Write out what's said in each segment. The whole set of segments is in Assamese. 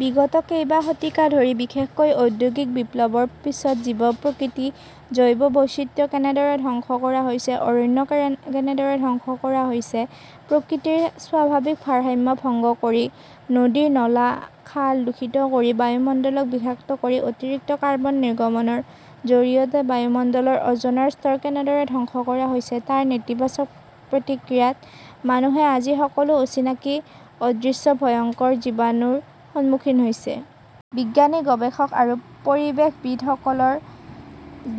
বিগত কেইবা শতিকা ধৰি, বিশেষকৈ ঔদ্যোগিক বিপ্লৱৰ পিছত জীৱ-প্ৰকৃতি, জৈৱ বৈচিত্ৰ্য কেনেদৰে ধ্বংস কৰা হৈছে, অৰণ্য কেনেদৰে ধ্বংস কৰা হৈছে, প্ৰকৃতিৰ স্বাভাৱিক ভাৰসাম্য ভংগ কৰি নদীৰ নলা, খাল দূষিত কৰি বায়ুমণ্ডলক বিষাক্ত কৰি অতিৰিক্ত কাৰ্বন নিৰ্গমনৰ জৰিয়তে বায়ুমণ্ডলৰ অ’জনৰ স্তৰ কেনেদৰে ধ্বংস কৰা হৈছে তাৰ নেতিবাচক প্ৰতিক্ৰিয়াত মানুহে আজি সকলো অচিনাকি অদৃশ্য ভয়ংকৰ জীৱাণুৰ সন্মুখীন হৈছে। বিজ্ঞানী, গৱেষক আৰু পৰিৱেশবিদসকলে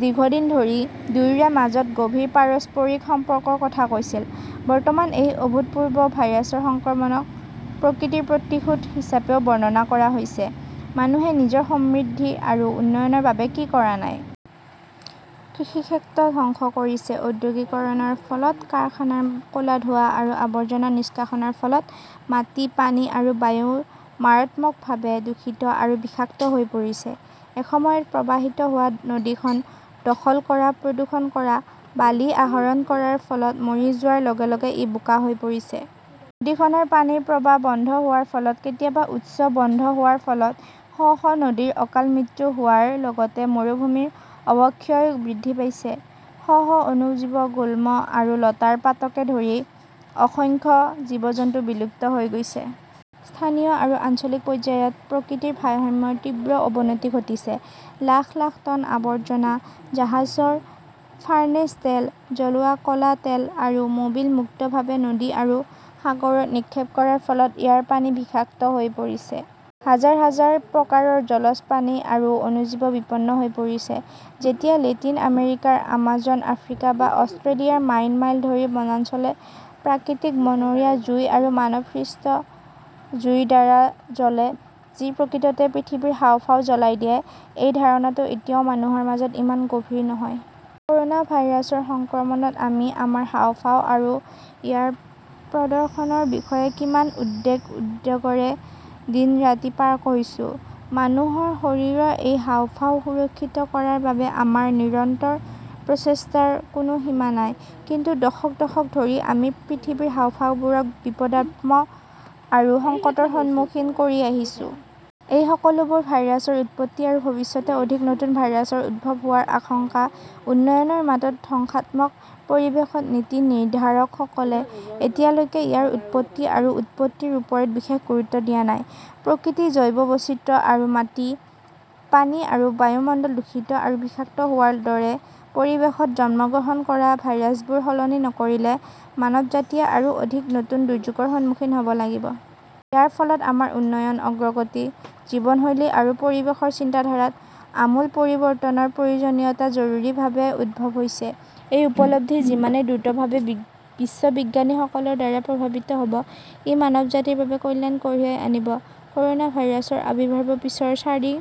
দীৰ্ঘদিন ধৰি দুয়োৰে মাজত গভীৰ পাৰস্পৰিক সম্পৰ্কৰ কথা কৈছিল। বৰ্তমান এই অভূতপূৰ্ব ভাইৰাছৰ সংক্ৰমণক প্ৰকৃতিৰ প্ৰতিশোধ হিচাপেও বৰ্ণনা কৰা হৈছে। মানুহে নিজৰ সমৃদ্ধি আৰু উন্নয়নৰ বাবে কি কৰা নাই! কৃষিক্ষেত্ৰ ধ্বংস কৰিছে, ঔদ্যোগিকৰণৰ ফলত কাৰখানাৰ ক'লা ধোঁৱা আৰু আৱৰ্জনা নিষ্কাশনৰ ফলত মাটি, পানী আৰু বায়ু মাৰাত্মকভাৱে দূষিত আৰু বিষাক্ত হৈ পৰিছে। এসময়ত প্ৰৱাহিত হোৱা নদীখন দখল কৰা-প্ৰদূষণ কৰা-বালি আহৰণ কৰাৰ ফলত মৰি যোৱাৰ লগে লগে ই বোকা হৈ পৰিছে। নদীখনৰ পানীৰ প্ৰবাহ বন্ধ হোৱাৰ ফলত, কেতিয়াবা উৎস বন্ধ হোৱাৰ ফলত শ শ নদীৰ অকাল মৃত্যু হোৱাৰ লগতে মৰুভূমিৰ অৱক্ষয় বৃদ্ধি পাইছে। শ শ অণুজীৱ, গুল্ম আৰু লতাৰ পাতকে ধৰি অসংখ্য জীৱ-জন্তু বিলুপ্ত হৈ গৈছে। স্থানীয় আৰু আঞ্চলিক পৰ্যায়ত প্ৰকৃতিৰ ভাৰসাম্যৰ তীব্ৰ অৱনতি ঘটিছে। লাখ লাখ টন আৱৰ্জনা, জাহাজৰ ফাৰ্নেচ তেল, জ্বলোৱা ক'লা তেল আৰু মবিল মুক্তভাৱে নদী আৰু সাগৰত নিক্ষেপ কৰাৰ ফলত ইয়াৰ পানী বিষাক্ত হৈ পৰিছে। হাজাৰ হাজাৰ প্ৰকাৰৰ জলজ প্ৰাণী আৰু অণুজীৱ বিপন্ন হৈ পৰিছে। যেতিয়া লেটিন আমেৰিকাৰ আমাজন, আফ্ৰিকা বা অষ্ট্ৰেলিয়াৰ মাইল মাইল ধৰি বনাঞ্চলে প্ৰাকৃতিক বনৰীয়া জুই আৰু মানৱসৃষ্ট জুইৰ দ্বাৰা জ্বলে, যি প্ৰকৃততে পৃথিৱীৰ হাঁওফাঁও জ্বলাই দিয়ে-এই ধাৰণাটো এতিয়াও মানুহৰ মাজত ইমান গভীৰ নহয়। ক’ৰ’না ভাইৰাছৰ সংক্ৰমণত আমি আমাৰ হাঁওফাঁও আৰু ইয়াৰ প্ৰদৰ্শনৰ বিষয়ে কিমান উদ্বেগ-উদ্বেগৰে দিন-ৰাতি পাৰ হৈছো! মানুহৰ শৰীৰৰ এই হাঁওফাঁও সুৰক্ষিত কৰাৰ বাবে আমাৰ নিৰন্তৰ প্ৰচেষ্টাৰ কোনো সীমা নাই। কিন্তু দশক দশক ধৰি আমি পৃথিৱীৰ হাঁওফাঁওবোৰক বিপদাপন্ন আৰু সংকটৰ সন্মুখীন কৰি আহিছো। এই সকলোবোৰ ভাইৰাছৰ উৎপত্তি আৰু ভৱিষ্যতে অধিক নতুন ভাইৰাছৰ উদ্ভৱ হোৱাৰ আশংকা-উন্নয়নৰ নামত ধ্বংসাত্মক পৰিৱেশত-নীতি নিৰ্ধাৰকসকলে এতিয়ালৈকে ইয়াৰ উৎপত্তি আৰু উৎপত্তিৰ ওপৰত বিশেষ গুৰুত্ব দিয়া নাই। প্ৰকৃতি, জৈৱ বৈচিত্ৰ্য আৰু মাটি, পানী আৰু বায়ুমণ্ডল দূষিত আৰু বিষাক্ত হোৱাৰ দৰে পৰিৱেশত জন্মগ্ৰহণ কৰা ভাইৰাছবোৰ সলনি নকৰিলে মানৱজাতিয়ে আৰু অধিক নতুন দুৰ্যোগৰ সন্মুখীন হ 'ব লাগিব। ইয়াৰ ফলত আমাৰ উন্নয়ন, অগ্ৰগতি, জীৱনশৈলী আৰু পৰিৱেশৰ চিন্তাধাৰাত আমূল পৰিৱৰ্তনৰ প্ৰয়োজনীয়তা জৰুৰীভাৱে উদ্ভৱ হৈছে। এই উপলব্ধি যিমানেই দ্ৰুতভাৱে বিশ্ববিজ্ঞানীসকলৰ দ্বাৰা প্ৰভাৱিত হ’ব, ই মানৱজাতিৰ বাবে কল্যাণ কঢ়িয়াই আনিব। ক’ৰ 'না ভাইৰাছৰ আবিৰ্ভাৱৰ পিছৰ চাৰি